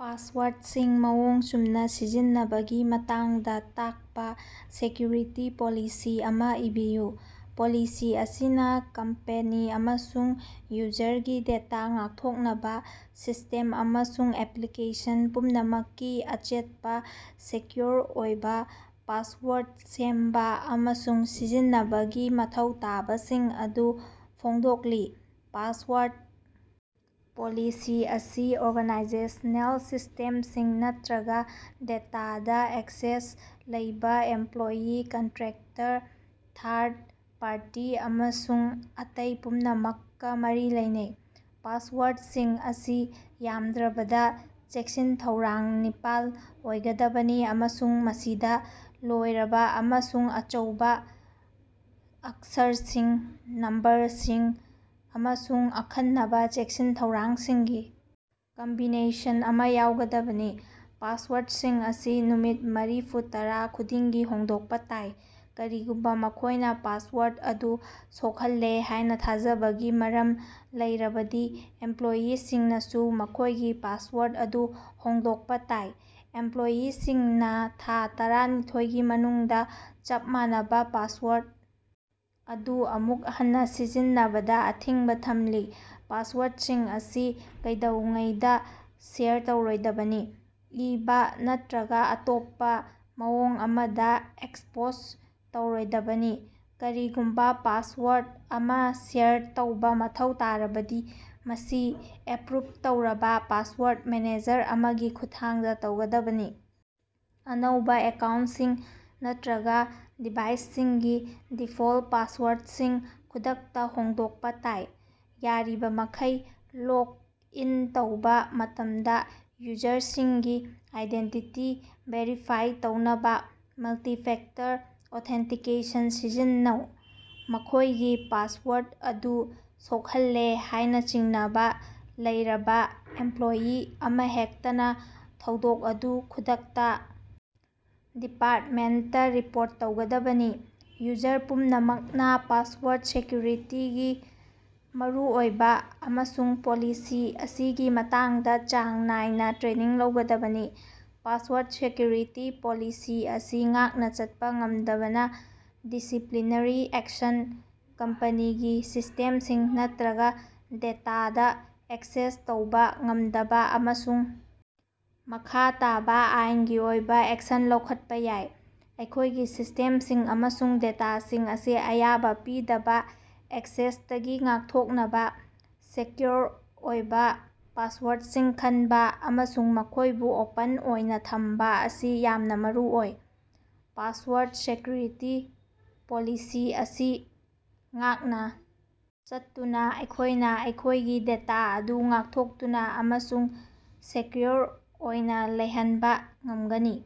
ꯄꯥꯁꯋꯥꯔꯠꯁꯤꯡ ꯃꯑꯣꯡ ꯆꯨꯝꯅꯥ ꯁꯤꯖꯤꯟꯅꯕꯒꯤ ꯃꯇꯥꯡꯗꯥ ꯇꯥꯛꯄꯥ ꯁꯦꯀ꯭ꯌꯨꯔꯤꯇꯤ ꯄꯣꯂꯤꯁꯤ ꯑꯃꯥ ꯏꯕꯤꯌꯨ꯫ ꯄꯣꯂꯤꯁꯤ ꯑꯁꯤꯅꯥ ꯀꯝꯄꯦꯅꯤ ꯑꯃꯁꯨꯡ ꯌꯨꯖꯔꯒꯤ ꯗꯦꯇꯥ ꯉꯥꯛꯊꯣꯛꯅꯕꯥ ꯁꯤꯁꯇꯦꯝ ꯑꯃꯁꯨꯡ ꯑꯦꯄ꯭ꯂꯤꯀꯦꯁꯟ ꯄꯨꯝꯅꯃꯛꯀꯤ ꯑꯆꯦꯠꯄꯥ, ꯁꯦꯀ꯭ꯌꯨꯔ ꯑꯣꯏꯕꯥ ꯄꯥꯁꯋꯥꯔꯗ ꯁꯦꯝꯕꯥ ꯑꯃꯁꯨꯡ ꯁꯤꯖꯤꯟꯅꯕꯒꯤ ꯃꯊꯧ ꯇꯥꯕꯁꯤꯡ ꯑꯗꯨ ꯐꯣꯡꯗꯣꯛꯂꯤ꯫ ꯄꯥꯁꯋꯥꯔꯗ ꯄꯣꯂꯤꯁꯤ ꯑꯁꯤ ꯑꯣꯔꯒꯥꯅꯥꯏꯖꯦꯁꯅꯦꯜ ꯁꯤꯁꯇꯦꯝꯁꯤꯡ ꯅꯠꯇ꯭ꯔꯒꯥ ꯗꯦꯇꯥꯗꯥ ꯑꯦꯛꯁꯦꯁ ꯂꯩꯕꯥ ꯏꯝꯄ꯭ꯂꯣꯌꯤ, ꯀꯟꯇ꯭ꯔꯦꯛꯇꯔ, ꯊꯥꯔꯗ ꯄꯥꯔꯇꯤ ꯑꯃꯁꯨꯡ ꯑꯇꯩ ꯄꯨꯝꯅꯃꯛꯀꯥ ꯃꯔꯤ ꯂꯩꯅꯩ꯫ ꯄꯥꯁꯋꯥꯔꯠꯁꯤꯡ ꯑꯁꯤ ꯌꯥꯝꯗ꯭ꯔꯕꯗꯥ ꯆꯦꯛꯁꯤꯟ-ꯊꯧꯔꯥꯡ ꯅꯤꯄꯥꯜ ꯑꯣꯏꯒꯗꯕꯅꯤ ꯑꯃꯁꯨꯡ ꯃꯁꯤꯗꯥ ꯂꯣꯏꯔꯕꯥ ꯑꯃꯁꯨꯡ ꯑꯆꯧꯕꯥ ꯑꯛꯁꯔꯁꯤꯡ, ꯅꯝꯕꯔꯁꯤꯡ ꯑꯃꯁꯨꯡ ꯑꯈꯟꯅꯕꯥ ꯆꯦꯛꯁꯤꯟ-ꯊꯧꯔꯥꯡꯁꯤꯡꯒꯤ ꯀꯝꯕꯤꯅꯦꯁꯟ ꯑꯃꯥ ꯌꯥꯎꯒꯗꯕꯅꯤ꯫ ꯄꯥꯁꯋꯥꯔꯠꯁꯤꯡ ꯑꯁꯤ ꯅꯨꯃꯤꯠ ꯃꯔꯤꯐꯨ ꯇꯔꯥ ꯈꯨꯗꯤꯡꯒꯤ ꯍꯣꯡꯗꯣꯛꯄꯥ ꯇꯥꯏ꯫ ꯀꯔꯤꯒꯨꯝꯕꯥ ꯃꯈꯣꯏꯅꯥ ꯄꯥꯁꯋꯥꯔꯠ ꯑꯗꯨ ꯁꯣꯛꯍꯜꯂꯦ ꯍꯥꯏꯅꯥ ꯊꯥꯖꯕꯒꯤ ꯃꯔꯝ ꯂꯩꯔꯕꯗꯤ ꯏꯝꯄ꯭ꯂꯣꯏꯌꯤꯁꯤꯡꯅꯁꯨ ꯃꯈꯣꯏꯒꯤ ꯄꯥꯁꯋꯥꯔꯠ ꯑꯗꯨ ꯍꯣꯡꯗꯣꯛꯄꯥ ꯇꯥꯏ꯫ ꯏꯝꯄ꯭ꯂꯣꯏꯌꯤꯁꯤꯡꯅꯥ ꯊꯥ ꯇꯔꯥꯅꯤꯊꯣꯏꯒꯤ ꯃꯅꯨꯡꯗꯥ ꯆꯞ ꯃꯥꯟꯅꯕꯥ ꯄꯥꯁꯋꯥꯔꯠ ꯑꯗꯨ ꯑꯃꯨꯛ ꯍꯟꯅꯥ ꯁꯤꯖꯤꯟꯅꯕꯗꯥ ꯑꯊꯤꯡꯕꯥ ꯊꯝꯂꯤ꯫ ꯄꯥꯁꯋꯥꯔꯠꯁꯤꯡ ꯑꯁꯤ ꯀꯩꯗꯧꯉꯩꯗꯥ ꯁꯦꯌꯔ ꯇꯧꯔꯣꯏꯗꯕꯅꯤ, ꯏꯕꯥ ꯅꯠꯇ꯭ꯔꯒꯥ ꯑꯇꯣꯞꯄꯥ ꯃꯑꯣꯡ ꯑꯃꯗꯥ ꯑꯦꯛꯁꯄꯣꯖ ꯇꯧꯔꯣꯏꯗꯕꯅꯤ꯫ ꯀꯔꯤꯒꯨꯝꯕꯥ ꯄꯥꯁꯋꯥꯔꯗ ꯑꯃꯥ ꯁꯦꯌꯥꯔ ꯇꯧꯕꯥ ꯃꯊꯧ ꯇꯥꯔꯕꯗꯤ, ꯃꯁꯤ ꯑꯦꯄ꯭ꯔꯨꯞ ꯇꯧꯔꯕꯥ ꯄꯥꯁꯋꯥꯔꯠ ꯃꯦꯅꯦꯖꯔ ꯑꯃꯒꯤ ꯈꯨꯠꯊꯥꯡꯗꯥ ꯇꯧꯒꯗꯕꯅꯤ꯫ ꯑꯅꯧꯕꯥ ꯑꯦꯀꯥꯎꯟꯁꯤꯡ ꯅꯠꯇ꯭ꯔꯒꯥ ꯗꯤꯚꯥꯏꯁꯁꯤꯡꯒꯤ ꯗꯤꯐꯣꯜ ꯄꯥꯁꯋꯥꯔꯠꯁꯤꯡ ꯈꯨꯗꯛꯇꯥ ꯍꯣꯡꯗꯣꯛꯄꯥ ꯇꯥꯏ꯫ ꯌꯥꯔꯤꯕꯃꯈꯩ, ꯂꯣꯛ ꯏꯟ ꯇꯧꯕꯥ ꯃꯇꯝꯗꯥ ꯌꯨꯖꯔꯁꯤꯡꯒꯤ ꯑꯥꯏꯗꯦꯟꯇꯤꯇꯤ ꯚꯦꯔꯤꯐꯥꯏ ꯇꯧꯅꯕꯥ ꯃꯜꯇꯤꯐꯦꯛꯇꯔ ꯑꯣꯊꯦꯟꯇꯤꯀꯦꯁꯟ ꯁꯤꯖꯤꯟꯅꯧ꯫ ꯃꯈꯣꯏꯒꯤ ꯄꯥꯁꯋꯥꯔꯠ ꯑꯗꯨ ꯁꯣꯛꯍꯜꯂꯦ ꯍꯥꯏꯅꯥ ꯆꯤꯡꯅꯕꯥ ꯂꯩꯔꯕꯥ ꯏꯝꯄ꯭ꯂꯣꯏꯌꯤ ꯑꯃꯍꯦꯛꯇꯅꯥ ꯊꯧꯗꯣꯛ ꯑꯗꯨ ꯈꯨꯗꯛꯇꯥ ꯗꯤꯄꯥꯔꯠꯃꯦꯟꯇꯥ ꯔꯤꯄꯣꯔꯠ ꯇꯧꯒꯗꯕꯅꯤ꯫ ꯌꯨꯖꯔ ꯄꯨꯝꯅꯃꯛꯅꯥ ꯄꯥꯁꯋꯥꯔꯠ ꯁꯦꯀ꯭ꯌꯨꯔꯤꯇꯤꯒꯤ ꯃꯔꯨꯑꯣꯏꯕꯥ ꯑꯃꯁꯨꯡ ꯄꯣꯂꯤꯁꯤ ꯑꯁꯤꯒꯤ ꯃꯇꯥꯡꯗꯥ ꯆꯥꯡ ꯅꯥꯏꯅꯥ ꯇ꯭ꯔꯦꯅꯤꯡ ꯂꯧꯒꯗꯕꯅꯤ꯫ ꯄꯥꯁꯋꯥꯔꯠ ꯁꯦꯀ꯭ꯌꯨꯔꯤꯇꯤ ꯄꯣꯂꯤꯁꯤ ꯑꯁꯤ ꯉꯥꯛꯅꯥ ꯆꯠꯄꯥ ꯉꯝꯗꯕꯅꯥ ꯗꯤꯁꯤꯄ꯭ꯂꯤꯅꯔꯤ ꯑꯦꯛꯁꯟ, ꯀꯝꯄꯅꯤꯒꯤ ꯁꯤꯁꯇꯦꯝꯁꯤꯡ ꯅꯠꯇ꯭ꯔꯒꯥ ꯗꯦꯇꯥꯗꯥ ꯑꯦꯛꯁꯦꯁ ꯇꯧꯕꯥ ꯉꯝꯗꯕꯥ ꯑꯃꯁꯨꯡ ꯃꯈꯥ ꯇꯥꯕꯥ ꯑꯥꯏꯟꯒꯤ ꯑꯣꯏꯕꯥ ꯑꯦꯛꯁꯟ ꯂꯧꯈꯠꯄꯥ ꯌꯥꯏ꯫ ꯑꯩꯈꯣꯏꯒꯤ ꯁꯤꯁꯇꯦꯝꯁꯤꯡ ꯑꯃꯁꯨꯡ ꯗꯦꯇꯥꯁꯤꯡ ꯑꯁꯤ ꯑꯌꯥꯕꯥ ꯄꯤꯗꯕꯥ ꯑꯦꯛꯁꯦꯁꯇꯒꯤ ꯉꯥꯛꯊꯣꯛꯅꯕꯥ ꯁꯦꯀ꯭ꯌꯣꯔ ꯑꯣꯏꯕꯥ ꯄꯥꯁꯋꯥꯔꯠꯁꯤꯡ ꯈꯟꯕꯥ ꯑꯃꯁꯨꯡ ꯃꯈꯣꯏꯕꯨ ꯑꯣꯄꯟ ꯑꯣꯏꯅꯥ ꯊꯝꯕꯥ ꯑꯁꯤ ꯌꯥꯝꯅꯥ ꯃꯔꯨꯑꯣꯏ꯫ ꯄꯥꯁꯋꯥꯔꯗ ꯁꯦꯀ꯭ꯌꯨꯔꯤꯇꯤ ꯄꯣꯂꯤꯁꯤ ꯑꯁꯤ ꯉꯥꯛꯅꯥ ꯆꯠꯇꯨꯅꯥ ꯑꯩꯈꯣꯏꯅꯥ ꯑꯩꯈꯣꯏꯒꯤ ꯗꯦꯇꯥ ꯑꯗꯨ ꯉꯥꯛꯊꯣꯛꯇꯨꯅꯥ ꯑꯃꯁꯨꯡ ꯁꯦꯀ꯭ꯌꯨꯔ ꯑꯣꯏꯅꯥ ꯂꯩꯍꯟꯕꯥ ꯉꯝꯒꯅꯤ꯫